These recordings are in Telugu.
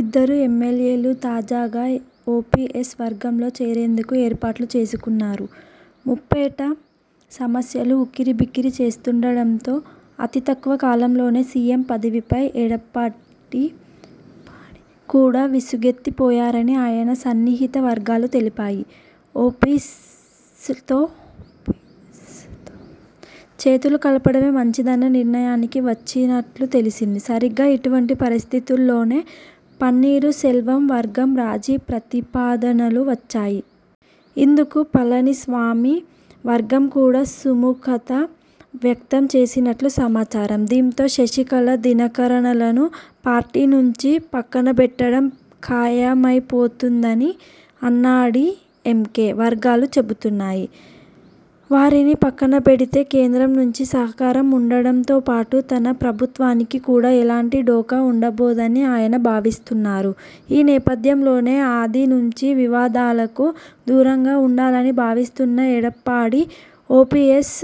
ఇద్దరు ఎమ్మెల్యేలు తాజాగా ఓపీఎస్ వర్గంలో చేరేందుకు ఏర్పాట్లు చేసుకున్నారు. ముప్పేట సమస్యలు ఉక్కిరిబిక్కిరి చేస్తుండడంతో అతి తక్కువ కాలంలోనే సీఎం పదవిపై ఎడప్పాడి కూడా విసుగెత్తిపోయారని ఆయన సన్నిహిత వర్గాలు తెలిపాయి. ఓపీఎ్సతో చేతులు కలపడమే మంచిదన్న నిర్ణయానికి వచ్చినట్లు తెలిసింది. సరిగ్గా, ఇటువంటి పరిస్థితుల్లోనే పన్నీరు సెల్వం వర్గం రాజీ ప్రతిపాదనలు వచ్చాయి. ఇందుకు పళని స్వామి వర్గం కూడా సుముఖత వ్యక్తం చేసినట్లు సమాచారం. దీంతో, శశికళ, దినకరనలను పార్టీ నుంచి పక్కనబెట్టడం ఖాయమైపోయిందని అన్నాడీఎంకే వర్గాలు చెబుతున్నాయి. వారిని పక్కనబెడితే కేంద్రం నుంచి సహకారం ఉండడంతోపాటు తన ప్రభుత్వానికి కూడా ఎలాంటి ఢోకా ఉండబోదని ఆయన భావిస్తున్నారు ఈ నేపథ్యంలోనే, ఆది నుంచీ వివాదాలకు దూరంగా ఉండాలని భావిస్తున్న ఎడప్పాడి ఓపీఎస్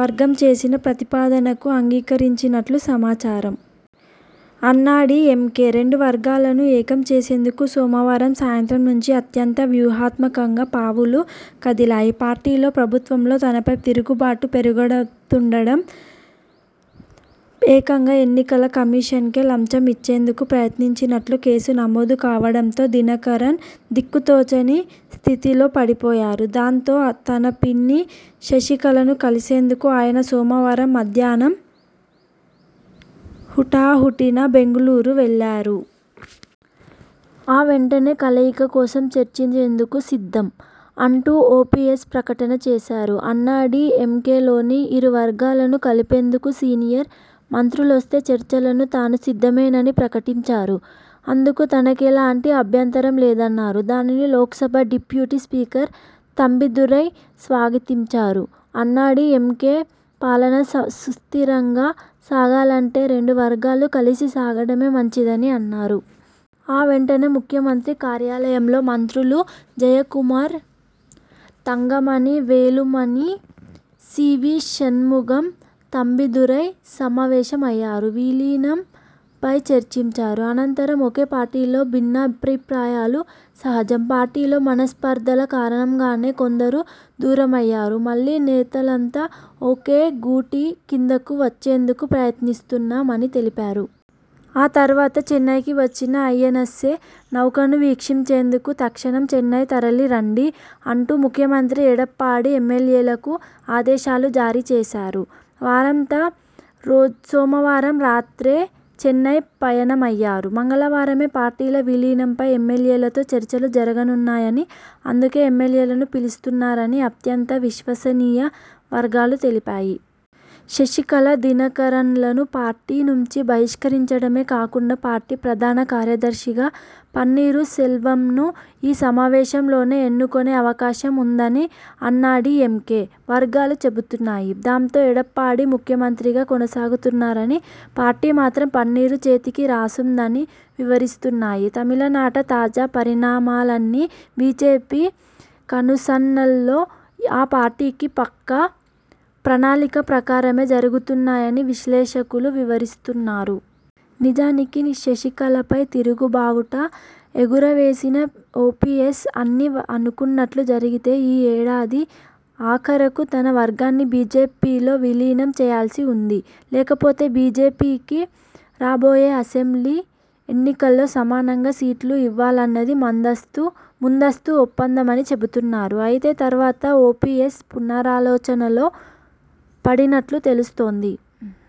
వర్గం చేసిన ప్రతిపాదనకు అంగీకరించినట్లు సమాచారం. అన్నాడీఎంకే రెండు వర్గాలనూ ఏకం చేసేందుకు సోమవారం సాయంత్రం నుంచి అత్యంత వ్యూహాత్మకంగా పావులు కదిలాయి. పార్టీలో, ప్రభుత్వంలో తనపై తిరుగుబాటు పెరుగుతుండడం, ఏకంగా ఎన్నికల కమిషన్కే లంచం ఇచ్చేందుకు ప్రయత్నించినట్లు కేసు నమోదు కావడంతో దినకరన్ దిక్కు తోచని స్థితిలో పడిపోయారు. దాంతో, తన పిన్ని శశికళను కలిసేందుకు ఆయన సోమవారం మధ్యాహ్నం హుటాహుటిన బెంగళూరు వెళ్లారు. ఆ వెంటనే, 'కలయిక కోసం చర్చించేందుకు సిద్ధం' అంటూ ఓపీఎస్ ప్రకటన చేశారు. అన్నాడీఎంకేలోని ఇరు వర్గాలను కలిపేందుకు సీనియర్ మంత్రులొస్తే చర్చలకు తాను సిద్ధమేనని ప్రకటించారు. అందుకు తనకెలాంటి అభ్యంతరం లేదన్నారు. దానిని, లోక్సభ డిప్యూటీ స్పీకర్ తంబిదురై స్వాగతించారు. అన్నాడీఎంకే పాలన సుస్థిరంగా సాగాలంటే రెండు వర్గాలు కలిసి సాగడమే మంచిదని అన్నారు. ఆ వెంటనే, ముఖ్యమంత్రి కార్యాలయంలో మంత్రులు జయకుమార్, తంగమణి, వేలుమణి, సీవీ షణ్ముగం, తంబిదురై సమావేశమయ్యారు. విలీనంపై చర్చించారు. అనంతరం ''ఒకే పార్టీలో భిన్నాభిప్రాయాలు సహజం. పార్టీలో మనస్పర్ధల కారణంగానే కొందరు దూరమయ్యారు. మళ్లీ నేతలంతా ఒకే గూటి కిందకు వచ్చేందుకు ప్రయత్నిస్తున్నాం'' అని తెలిపారు. ఆ తర్వాత 'చెన్నైకి వచ్చిన ఐఎనఎ్స నౌకను వీక్షించేందుకు తక్షణం చెన్నై తరలి రండి' అంటూ ముఖ్యమంత్రి ఎడప్పాడి ఎమ్మెల్యేలకు ఆదేశాలు జారీ చేశారు. వారంతా సోమవారం రాత్రే చెన్నై పయనమయ్యారు. మంగళవారమే పార్టీల 'విలీనం'పై ఎమ్మెల్యేలతో చర్చలు జరగనున్నాయని, అందుకే ఎమ్మెల్యేలను పిలిపిస్తున్నారని అత్యంత విశ్వసనీయ వర్గాలు తెలిపాయి. శశికళ, దినకరన్లను పార్టీ నుంచి బహిష్కరించడమే కాకుండా పార్టీ ప్రధాన కార్యదర్శిగా పన్నీరు సెల్వంను ఈ సమావేశంలోనే ఎన్నుకొనే అవకాశం ఉందని అన్నాడీఎంకే వర్గాలు చెబుతున్నాయి. దాంతో, ఎడప్పాడి ముఖ్యమంత్రిగా కొనసాగుతున్నారని, పార్టీ మాత్రం పన్నీరు చేతికి రానుందని వివరిస్తున్నాయి. తమిళనాట తాజా పరిణామాలన్నీ బీజేపీ కనుసన్నల్లో, ఆ పార్టీ పక్కా ప్రణాళిక ప్రకారమే జరుగుతున్నాయని విశ్లేషకులు వివరిస్తున్నారు. నిజానికి, శశికళపై తిరుగు బావుటా ఎగుర వేసిన ఓపీఎస్ అన్నీ అనుకున్నట్లు జరిగితే ఈ ఏడాది ఆఖరుకు తన వర్గాన్ని బీజేపీలో విలీనం చేయాల్సి ఉంది. లేకపోతే బీజేపీకి రాబోయే అసెంబ్లీ ఎన్నికల్లో సమానంగా సీట్లు ఇవ్వాలన్నది ముందస్తు ఒప్పందమని చెబుతున్నారు. అయితే తర్వాత ఓపీఎస్ పునరాలోచనలో పడినట్లు తెలుస్తోంది.